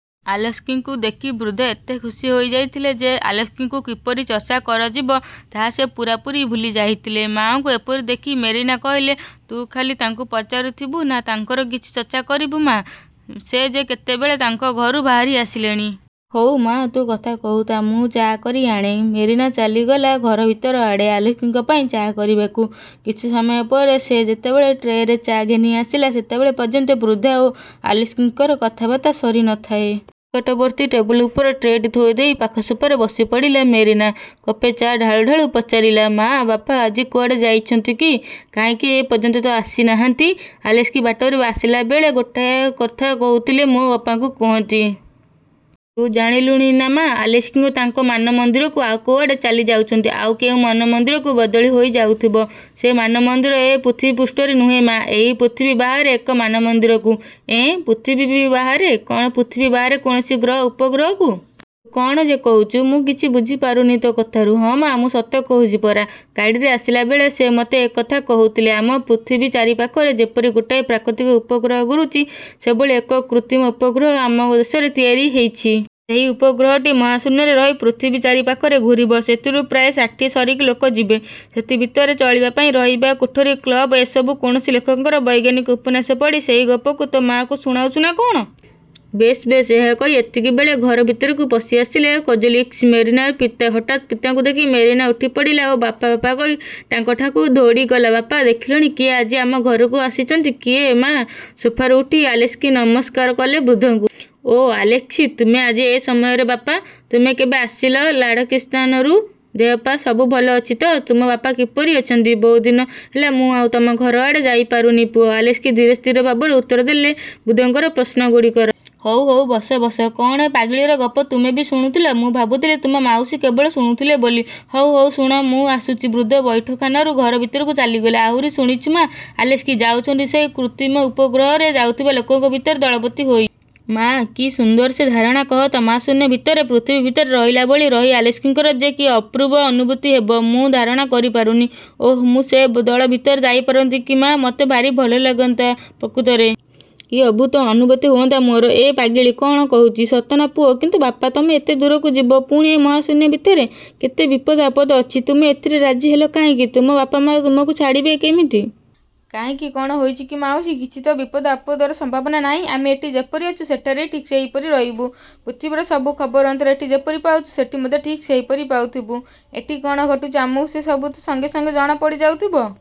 ଆଲେସ୍କିଙ୍କୁ ଦେଖି ବୃଦ୍ଧା ଏତେ ଖୁସି ହୋଇଯାଇଥିଲେ ଯେ, ଆଲେସ୍କିଙ୍କୁ କିପରି ଚର୍ଚ୍ଚା କରାଯିବ, ତାହା ସେ ପୂରାପୂରି ଭୁଲି ଯାଇଥିଲେ-। ମା'ଙ୍କୁ ଏପରି ଦେଖି ମେରିନା କହିଲା, ''ତୁ ଖାଲି ତାଙ୍କୁ ପଚାରୁଥିବୁ ନା' ତାଙ୍କର କିଛି ଚର୍ଚ୍ଚା କରିବୁ ମା! ସେ ଯେ କେତେବେଳୁ ତାଙ୍କ ଘରୁ ବାହାରି ଆସିଲେଣି। ହଉ ମା, ତୁ କଥା କହୁଥା, ମୁଁ ଚା' କରି ଆଣେ। '' ମେରିନା ଚାଲିଗଲା ଘର ଭିତରଆଡ଼େ ଆଲେସ୍କିଙ୍କ ପାଇଁ ଚା' କରିବାକୁ। କିଛି ସମୟ ପରେ ସେ ଯେତେବେଳେ ଟ୍ରେରେ ଚା' ଘେନିଆସିଲା, ସେତେବେଳ ପର୍ଯ୍ୟନ୍ତ ବୃଦ୍ଧା ଓ ଆଲେସ୍କିଙ୍କର କଥାବାର୍ତ୍ତା ସରି ନ ଥାଏ। ନିକଟବର୍ତ୍ତୀ ଟେବୁଲ ଉପରେ ଟ୍ରେ'ଟି ଥୋଇଦେଇ ପାଖ ସୋଫାରେ ବସିପଡ଼ିଲା ମେରିନା। କପ୍ରେ ଚା' ଢାଳୁ ଢାଳୁ ପଚାରିଲା, ''ମା, ବାପା ଆଜି କୁଆଡ଼େ ଯାଇଛନ୍ତି କି? କାହିଁ ଏପର୍ଯ୍ୟନ୍ତ ତ ଆସି ନାହାନ୍ତି। ଆଲେସ୍କି ବାଟରେ ଆସିଲାବେଳେ ଗୋଟାଏ କଥା କହୁଥିଲେ, ମୁଁ ବାପାଙ୍କୁ କୁହନ୍ତି। ତୁ ଜାଣିଲୁଣିନା ମା, ଆଲେସ୍କି ତାଙ୍କ ମାନମନ୍ଦିରରୁ ଆଉ କୁଆଡ଼େ ଚାଲିଯାଉଛନ୍ତି। '' ''ଆଉ କେଉଁ ମାନମନ୍ଦିରକୁ ବଦଳି ହୋଇ ଯାଉଥିବ। '' ''ସେ ମାନମନ୍ଦିର ଏ ପୃଥିବୀପୃଷ୍ଠରେ ନୁହେଁ ମା! ଏହି ପୃଥିବୀ ବାହାରେ ଏକ ମାନମନ୍ଦିରକୁ। '' ''ଏଁ! ପୃଥିବୀ ବାହାରେ-? କ'ଣ ପୃଥିବୀ ବାହାରେ କୌଣସି ଗ୍ରହ, ଉପଗ୍ରହକୁ-? ତୁ କଣ ଯେ କହୁଚୁ, ମୁଁ କିଛି ବୁଝିପାରୁନି ତୋ' କଥାରୁ। '' ''ହଁ ମା, ମୁଁ ସତ କହୁଚି ପରା! ଗାଡ଼ିରେ ଆସିଲାବେଳେ ସେ ମୋତେ ଏ କଥା କହୁଥିଲେ। ଆମ ପୃଥିବୀ ଚାରିପାଖରେ ଯେପରି ଗୋଟାଏ ପ୍ରାକୃତିକ ଉପଗ୍ରହ ଘୂରୁଛି, ସେହିଭଳି ଏକ କୃତ୍ରିମ ଉପଗ୍ରହ ଆମ ଦେଶରେ ତିଆରି ହେଇଚି। ସେହି ଉପଗ୍ରହଟି ମହାଶୂନ୍ୟରେ ରହି ପୃଥିବୀ ଚାରିପାଖରେ ଘୂରିବ। ସେଥିରେ ପ୍ରାୟ ଷାଠିଏ ସରିକି ଲୋକ ଯିବେ। ସେଥିଭିତରେ ଚଳିବା ପାଇଁ ରହିବା କୋଠରି, କ୍ଲବ... '' ''ଏସବୁ କୌଣସି ଲେଖକଙ୍କର ବୈଜ୍ଞାନିକ ଉପନ୍ୟାସ ପଢ଼ି ସେହି ଗପକୁ ତୋ ମା'କୁ ଶୁଣାଉଛୁ ନା କଅଣ? ବେଶ୍ ବେଶ୍-'' ଏହା କହି ଏତିକିବେଳେ ଘର ଭିତରକୁ ପଶିଆସିଲେ କୋଜେଲେସ୍କି, ମେରିନାର ପିତା। ହଠାତ୍ ପିତାଙ୍କୁ ଦେଖି ମେରିନା ଉଠିପଡ଼ିଲା ଓ ବାପା, ବାପା କହି ତାଙ୍କଠାକୁ ଦୌଡ଼ିଗଲା-। ''ବାପା ଦେଖିଲଣି, କିଏ ଆଜି ଆମ ଘରକୁ ଆସିଛନ୍ତି। '' ''କିଏ, ମା? '' ସୋଫାରୁ ଉଠି ଆଲେସ୍କି ନମସ୍କାର କଲେ ବୃଦ୍ଧଙ୍କୁ! ''ଓଃ ଆଲେସ୍କି! ତୁମେ ଆଜି ଏ ସମୟରେ ବାପା! ତୁମେ କେବେ ଆସିଲ ଲାଢ଼ାକିସ୍ଥାନରୁ? ଦେହପା, ସବୁ ଭଲ ଅଛି ତ? ତୁମ ବାପା କିପରି ଅଛନ୍ତି? ବହୁଦିନ ହେଲା ମୁଁ ଆଉ ତମ ଘରଆଡ଼େ ଯାଇପାରିନି ପୁଅ! '' ଆଲେସ୍କି ଧୀର ସ୍ଥିର ଭାବରେ ଉତ୍ତର ଦେଲେ ବୃଦ୍ଧଙ୍କର ପ୍ରଶ୍ନଗୁଡ଼ିକର। ''ହଉ ହଉ, ବସ ବସ! କ'ଣ ଏ ପାଗଳୀର ଗପ ତୁମେ ବି ଶୁଣୁଥିଲ? ମୁଁ ଭାବୁଥିଲି ତୁମ ମାଉସୀ କେବଳ ଶୁଣୁଥିଲେ ବୋଲି। ହଉ ହଉ ଶୁଣ, ମୁଁ ଆସୁଛି। '' ବୃଦ୍ଧ ବୈଠକଖାନାରୁ ଘର। ଭିତରକୁ ଚାଲିଗଲେ। ''ଆହୁରି ଶୁଣିଛୁ ମା, ଆଲେସ୍କି ଯାଉଛନ୍ତି ସେହି କୃତ୍ରିମ ଉପଗ୍ରହରେ ଯାଉଥିବା ଲୋକଙ୍କ ଭିତରେ ଦଳପତି ହୋଇ। ମା, କି ସୁନ୍ଦର ସେ ଧାରଣା କହତ? ମହାଶୂନ୍ୟ ଭିତରେ, ପୃଥିବୀ ଭିତରେ ରହିଲା ଭଳି ରହି ଆଲେସ୍କିଙ୍କର ଯେ କି ଅପୂର୍ବ ଅନୁଭୂତି ହେବ, ମୁଁ ଧାରଣା କରିପାରୁନି। ଓଃ, ମୁଁ ସେ ଦଳ ଭିତରେ ଯାଇପାରନ୍ତି କି ମା! ମୋତେ ଭାରି ଭଲ ଲାଗନ୍ତା ପ୍ରକୃତରେ। କି ଅଦ୍ଭୁତ ଅନୁଭୂତି ହୁଅନ୍ତା ମୋର! '' ''ଏ ପାଗଳୀ କଣ କହୁଛି, ସତ ନା ପୁଅ? କିନ୍ତୁ ବାପା, ତମେ ଏତେ ଦୂରକୁ ଯିବ, ପୁଣି ଏ ମହାଶୂନ୍ୟ ଭିତରେ! କେତେ ବିପଦ-ଆପଦ ଅଛି। ତୁମେ ଏଥିରେ ରାଜି ହେଲ କାହିଁକି? ତୁମ ବାପା ମା ତୁମକୁ ଛାଡ଼ିବେ କେମିତି? '' ''କାହିଁକି, କ'ଣ ହୋଇଛି କି ମାଉସୀ? କିଛି ତ ବିପଦ-ଆପଦର ସମ୍ଭାବନା ନାହିଁ। ଆମେ ଏଠି ଯେପରି ଅଛୁଁ, ସେଠାରେ ଠିକ୍ ସେହିପରି ରହିବୁ। ପୃଥିବୀର ସବୁ ଖବରଅନ୍ତର ଏଠି ଯେପରି ପାଉଛୁ, ସେଠି ମଧ୍ୟ ଠିକ୍ ସେହିପରି ପାଉଥିବୁ। ଏଠି କ'ଣ ଘଟୁଛି ଆମକୁ ସେ ସବୁ ତ ସଙ୍ଗେ ସଙ୍ଗେ ଜଣାପଡ଼ିଯାଉଥିବ।